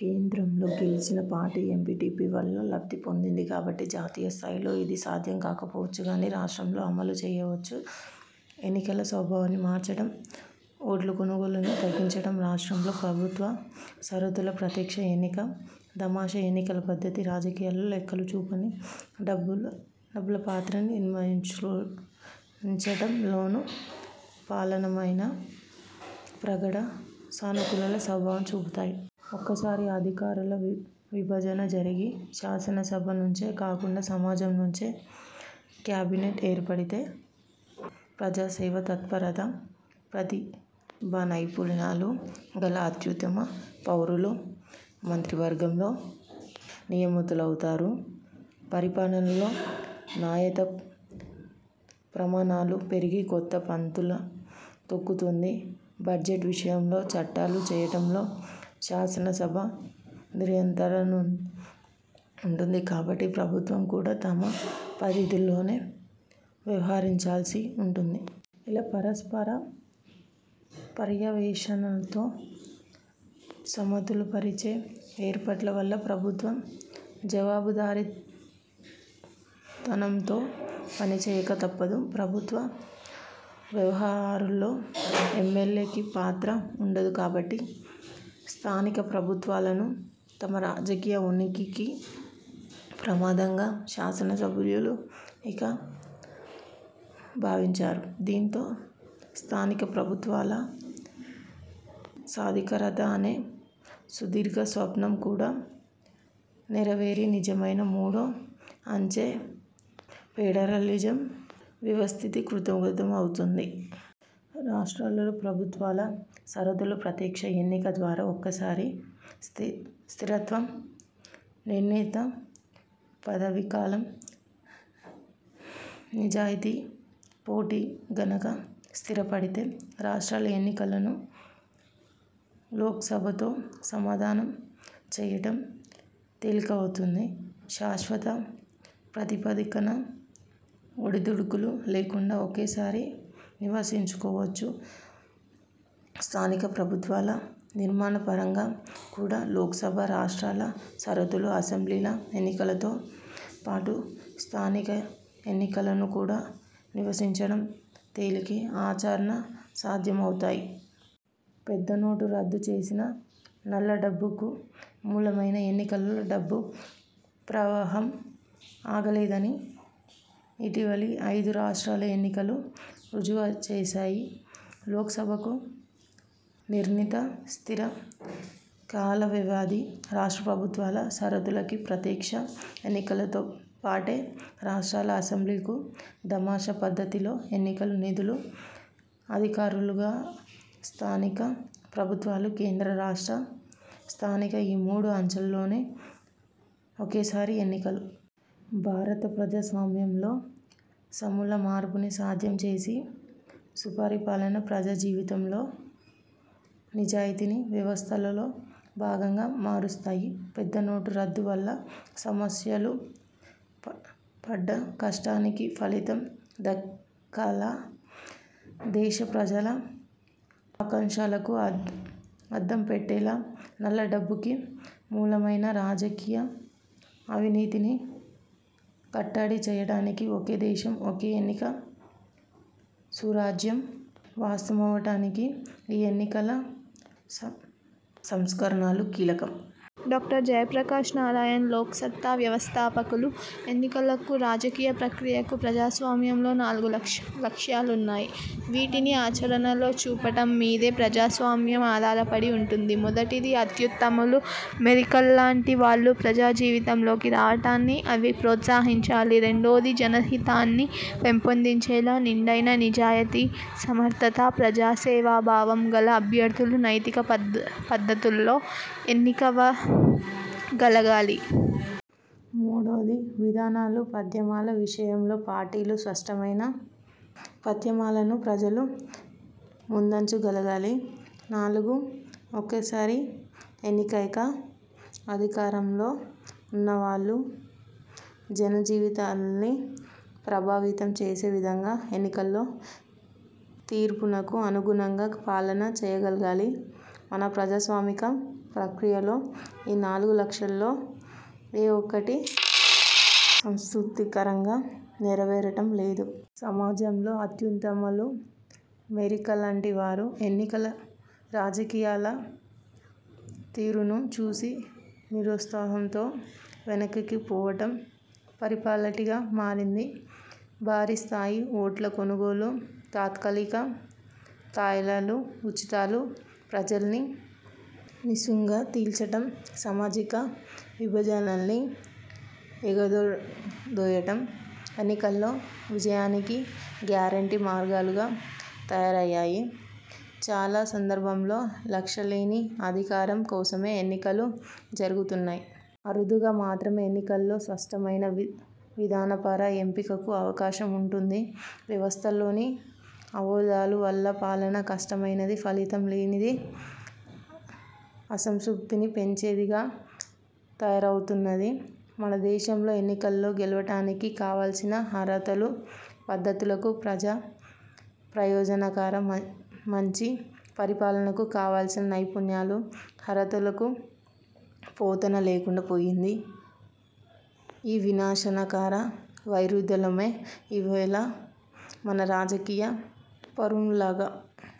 కేంద్రంలో గెలిచిన party FPTP వల్ల లబ్ధి పొందింది గాబట్టి.. జాతీయస్థాయిలో ఇది సాధ్యం కాకపోవచ్చుగానీ, రాష్ట్రాల్లో అమలు చేయవచ్చు. ఎన్నికల స్వభావాన్ని మార్చటం, ఓట్లకొనుగోలుని తగ్గించటం, రాష్ట్రాల్లో ప్రభుత్వ సారథుల ప్రత్యక్ష ఎన్నిక, దామాషా ఎన్నికల పద్ధతి.. రాజకీయాల్లో లెక్కలు చూపని డబ్బుల పాత్రని నిర్మూలించటంలోనూ, పాలనపైనా ప్రగాఢ సానుకూల ప్రభావం చూపుతాయి. ఒక్కసారి అధికారాల విభజన జరిగి, శాసనసభ నుంచే కాకుండా సమాజం నుంచి కేబినెట్ ఏర్పడితే.. ప్రజాసేవాతత్పరత, ప్రతిభానైపుణ్యాలు గల అత్యుత్తమ పౌరులు మంత్రివర్గంలో నియమితులవుతారు. పరిపాలనలో నాణ్యతా ప్రమాణాలు పెరిగి కొత్త పుంతలు తొక్కుతుంది. బడ్జెట్ విషయంలో, చట్టాలు చేయటంలో శాసనసభ నియంత్రణ ఉంటుంది కాబట్టి ప్రభుత్వం కూడా తన పరిధుల్లోనే వ్యవహరించాల్సి ఉంటుంది. ఇలా పరస్పర పర్యవేక్షణతో సమతులపరిచే ఏర్పాట్ల వల్ల ప్రభుత్వం జవాబుదారీతనంతో పనిచేయక తప్పదు. ప్రభుత్వ వ్యవహారాల్లో ఎమ్మెల్యేకి పాత్ర ఉండదు కాబట్టి, స్థానిక ప్రభుత్వాలను తమ రాజకీయ ఉనికికి ప్రమాదంగా శాసనసభ్యులు ఇక భావించరు. దీంతో స్థానికప్రభుత్వాల సాధికారత అనే సుదీర్ఘ స్వప్నం కూడా నెరవేరి నిజమైన మూడో అంచె ఫెడరలిజం వ్యవస్థీకృతమవుతుంది. రాష్ట్రాల్లో ప్రభుత్వాల సారథుల ప్రత్యక్ష ఎన్నిక ద్వారా ఒక్కసారి స్థిరత్వం, నిర్ణీత పదవీకాలం, నిజాయతీ, పోటీ గనక స్థిరపడితే.. రాష్ట్రాల ఎన్నికలను లోక్సభతో సంధానం చేయటం తేలికవుతుంది. శాశ్వత ప్రాతిపదికన, ఒడిదుడుకులు లేకుండా ఒకేసారి నిర్వహించ కోవచ్చు. స్థానిక ప్రభుత్వాల నిర్మాణపరంగా కూడా లోక్సభ, రాష్ట్రాల సారథులు, అసెంబ్లీల ఎన్నికలతో పాటు స్థానిక ఎన్నికలను కూడా నిర్వహించటం తేలిక, ఆచరణ సాధ్యమవుతాయి. పెద్ద నోట్లు రద్దు చేసినా నల్లడబ్బుకు మూలమైన ఎన్నికల్లో డబ్బు ప్రవాహం ఆగలేదని ఇటీవలి ఐదు రాష్ట్రాల ఎన్నికలు రుజువు చేశాయి. లోక్సభకు నిర్ణీత స్థిర కాలవ్యవధి, రాష్ట్ర ప్రభుత్వాల సారథులకి ప్రత్యక్ష ఎన్నికతోపాటే రాష్ట్రాల అసెంబ్లీలకు దామాషా పద్ధతిలో ఎన్నికలు, నిధులు, అధికారాలుగల స్థానిక ప్రభుత్వాలు, కేంద్ర – రాష్ట్ర – స్థానిక ఈ మూడు అంచెల్లోనూ ఒకేసారి ఎన్నికలు.. భారత ప్రజాస్వామ్యంలో సమూల మార్పుని సాధ్యం చేసి సుపరిపాలన, ప్రజాజీవితంలో నిజాయితీని వ్యవస్థలో భాగంగా మారుస్తాయి. పెద్ద నోట్ల రద్దువల్ల సామాన్యులు పడ్డ కష్టానికి ఫలితం దక్కేలా, దేశ ప్రజల ఆకాంక్షలకు అద్దం పట్టేలా నల్లడబ్బుకి మూలమైన రాజకీయ అవినీతిని కట్టడి చేయటానికి, 'ఒకే దేశం ఒకే ఎన్నిక సురాజ్యం' వాస్తవమవటానికి ఈ ఎన్నికల సంస్కరణలు కీలకం. డాక్టర్ జయప్రకాష్ నారాయణ్ లోక్సత్తా వ్యవస్థాపకులు ఎన్నికలకు, రాజకీయ ప్రక్రియకు ప్రజాస్వామ్యంలో నాలుగు లక్ష్యాలున్నాయి. వీటిని ఆచరణలో చూపటం మీదే ప్రజాస్వామ్యం ఆధారపడి వుంటుంది. మొదటిది, అత్యుత్తములు, మెరికల్లాంటి వాళ్లు ప్రజాజీవితంలోకి రావటాన్ని అవి ప్రోత్సహించాలి. రెండోది, జనహితాన్ని పెంపొందించేలా నిండైన నిజాయతీ, సమర్థత, ప్రజాసేవాభావం గల అభ్యర్థులు నైతిక పద్ధతుల్లో ఎన్నికవగలగాలి. మూడోది, విధానాలు, ప్రాధామ్యాల విషయంలో పార్టీలు స్పష్టమైన ప్రత్యామ్నాయాలను ప్రజల ముందుంచగలగాలి. నాలుగు, ఒక్కసారి ఎన్నికయ్యాక అధికారంలో ఉన్నవాళ్లు జనజీవితాల్ని ప్రభావితం చేసే విధంగా, ఎన్నికల్లో తీర్పునకు అనుగుణంగా పాలన చేయగలగాలి. మన ప్రజాస్వామిక ప్రక్రియలో ఈ నాలుగు లక్ష్యాల్లో ఏ ఒక్కటీ సంతృప్తికరంగా నెరవేరటం లేదు. సమాజంలో అత్యుత్తములు, మెరికల్లాంటివారు ఎన్నికల రాజకీయాల తీరును చూసి నిరుత్సాహంతో వెనక్కిపోవటం పరిపాటిగా మారింది. భారీస్థాయి ఓట్ల కొనుగోలు, తాత్కాలిక తాయిలాలు, ఉచితాలు, ప్రజల్ని నిస్సిగ్గుగా చీల్చటం, సామాజిక విభజనల్ని ఎగదోయటం ఎన్నికలలో విజయానికి గ్యారంటీ మార్గాలుగా తయారయ్యాయి. చాలా సందర్భాల్లో లక్ష్యంలేని అధికారం కోసమే ఎన్నికలు జరుగుతున్నాయి. అరుదుగా మాత్రమే ఎన్నికల్లో స్పష్టమైన విధానపర ఎంపికకు అవకాశం ఉంటోంది. వ్యవస్థలోని అవరోధాల వల్ల పాలన కష్టమైనది, ఫలితం లేనిది, అసంతృప్తిని పెంచేదిగా తయారవుతున్నది. మనదేశంలో ఎన్నికల్లో గెలవటానికి కావలసిన అర్హతలు, పద్ధతులకు– ప్రజా ప్రయోజనకర మంచి పరిపాలనకు కావలసిన నైపుణ్యాలు, అర్హతలకు పొంతన లేకుండా పోయింది. ఈ వినాశకర వైరుధ్యమే ఈవేళ మన రాజకీయ ఫార్ములాగా